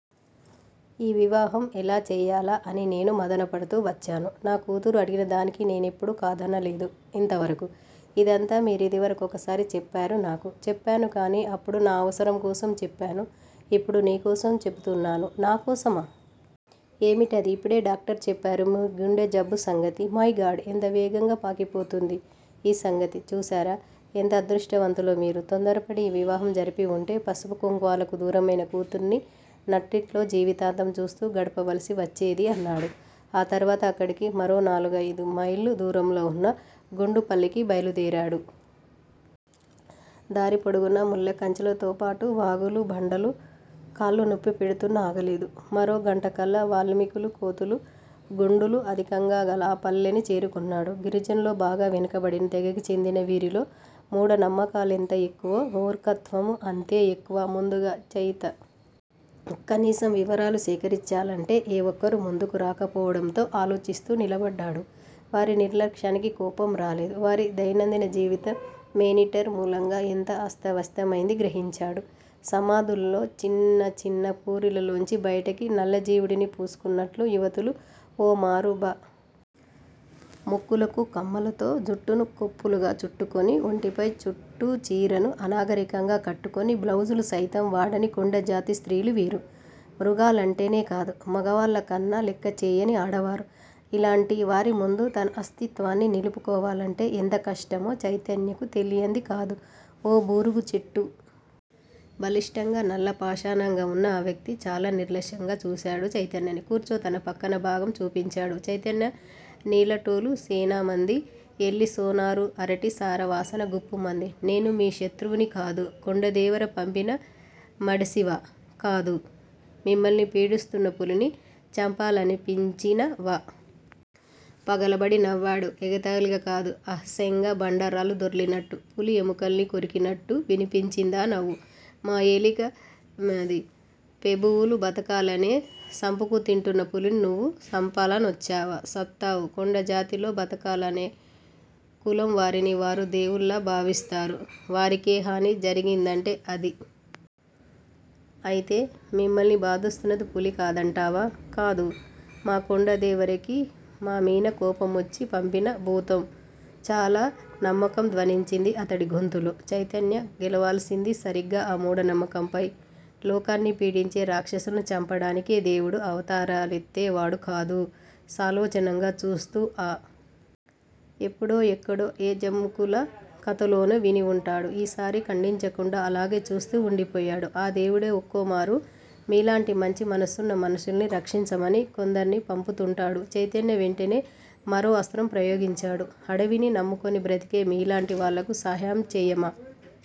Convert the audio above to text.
ఈ వివాహం ఎలా చెయ్యాలా అని నేను మధనపడుతూ వచ్చాను. నా కూతురు అడిగిన దానికి నేనెప్పుడూ కాదనలేదు ఇంతవరకూ. ఇదంతా మీరిదివర కొకసారి చెప్పారు నాకు. చెప్పాను కానీ అప్పుడు నా అవసరం కోసం చెప్పాను. ఇప్పుడు నీ కోసం చెపుతున్నాను. నా కోసమా? ఏమిటది? ఇప్పుడే డాక్టర్ చెప్పాడు నీ గుండెజబ్బు సంగతి. మైగాడ్- ఎంత వేగంగా పాకిపోతోంది ఈ సంగతి. చూసేరా ఎంత అదృష్టవంతులో మీరు. తొందరపడి ఈ వివాహం జరిపివుంటే పసుపు కుంకుమలకు దూరమైన కూతుర్ని నట్టింట్లో జీవితాంతం చూస్తూ గడపవలసి వచ్చేది అన్నాను. తర్వాత అక్కడికి మరోనాలుగుమైళ్ళ దూరంలో వున్న గొండుపల్లికి బయలుదేరాడు. దారిపొడుగునా ముళ్ళకంచెలతోపాటు వాగులు, బండలు, కాళ్ళు నొప్పెడుతున్నా ఆగలేదు. మరో గంటకల్లా వాల్మీకులు, కోతులు, గోండులు అధికంగా గల ఆ పల్లెని చేరుకున్నాడు. గిరిజనుల్లో బాగా వెనుకబడిన తెగకి చెందిన వీరిలో మూఢనమ్మకాలెంత ఎక్కువో, మూర్ఖత్వమూ అంతే ఎక్కువ. ముందుగా చైతన్యను ఓ శత్రువును చూసినట్టు చూశారు. కనీసం వివరాలు సేకరించాలంటే ఏ ఒక్కరూ ముందుకు రాకపోవడంతో ఆలోచిస్తూ నిలబడ్డాడు. వారి నిర్లక్ష్యానికి కోపం రాలేదు. వారి దైనందిన జీవితం మేనీటర్ మూలంగా ఎంత అస్తవ్యస్తమైందీ గ్రహించాడు. సమాధుల్లాంటి చిన్న చిన్న పూరిళ్ళలోంచి ఒంటికి నల్లజీడిని పూసుకున్నట్టున్న యువతులు ఓమారు బయటికి వచ్చి, మళ్ళీ అంతలోనే లోపలికి వెళ్ళిపోయారు. ముక్కులకు కమ్మలతో, జుట్టును కొప్పులుగా చుట్టుకుని, ఒంటిపై చుట్టూ చీరను అనాగరికంగా కట్టుకుని, బ్లౌజులు సైతం వాడని కొండజాతి స్త్రీలు వీరు. మృగాలంటేనే కాదు; మొగుళ్ళన్నా లెక్కచేయని ఆడవారు. ఇలాంటి వారి ముందు తన అస్తిత్వాన్ని నిలుపుకోవాలంటే ఎంత కష్టమో చైతన్యకు తెలియందికాదు. ఓ బూరుగు చెట్టు క్రింద కూచుని ఆలోచిస్తున్న చైతన్య యేవల్నువ్వు అంటూ పలకరించిన వ్యక్తిని చూసి ముందు ఉలికి పడ్డాడు. బలిష్టంగా, నల్లపాషాణంగా వున్న ఆ వ్యక్తి చాలా నిర్లక్ష్యంగా చూశాడు చైతన్యని. కూర్చో తన పక్కన బాగా చూపించాడు చైతన్య. నీలాటోలు సేనామంది యెల్లిపోనారూ అరటి సారా వాసన గుప్పుమంది. నేను మీ శత్రువుని కాదు. కొండదేవర పంపిన మడిసివా? కాదు. మిమ్మల్ని పీడిస్తున్న పులిని చంపాలనివచ్చినవాణ్ని. పగలబడి నవ్వాడు. ఎగతాళిగా కాదు_ఏహ్యంగా, బండరాళ్ళు దొర్లినట్లు. పులి ఎముకల్ని కొరికినట్టు వినిపించిందా నవ్వు. మా ఏలిక పెబువులు బగతాలనే సంపుకుతింటున్న పులిని నువ్వు సంపాలనొచ్చావా సత్తావు. కొండజాతిలో బగతాలనే కులం వారిని వారు దేవుళ్ళలా భావిస్తారు! వారికే హాని జరిగిందంటే అది మహత్తుగల శక్తిగా ఆలోచిస్తారు. అయితే, మిమ్మల్ని బాధిస్తున్నది పులి కాదంటావా? కాదు, మా కొండదేవరకి మామీన కోపమొచ్చి పంపిన భూతం చాలా నమ్మకం ధ్వనించింది అతడి గొంతులో. చైతన్య గెలవాల్సింది సరిగ్గా ఆ మూఢనమ్మకంపై. లోకాన్ని పీడించే రాక్షసుల్ని చంపడానికి దేవుడు అవతారాలెత్తే వాడు కదూ! సాలోచనగా చూస్తూ అన్నాడు. ఎప్పుడో, ఎక్కడో ఏ జముకుల కథలోనో విని వుంటాడు. ఈసారి ఖండించకుండా అలాగే చూస్తూ ఉండిపోయాడు. ఆ దేవుడే ఒక్కోమారు మీలాంటి మంచి మనసున్న మనుషుల్ని రక్షించమని కొందర్ని పంపుతుంటాడు చైతన్య వెంటనే మరో అస్త్రం ప్రయోగించాడు, అడవిని నమ్ముకుని బ్రతికే మీలాంటి వాళ్ళకు సాయం చెయ్యమని నాకు కలలో చెప్పిన దేవుడు నన్నిలా పంపేడు.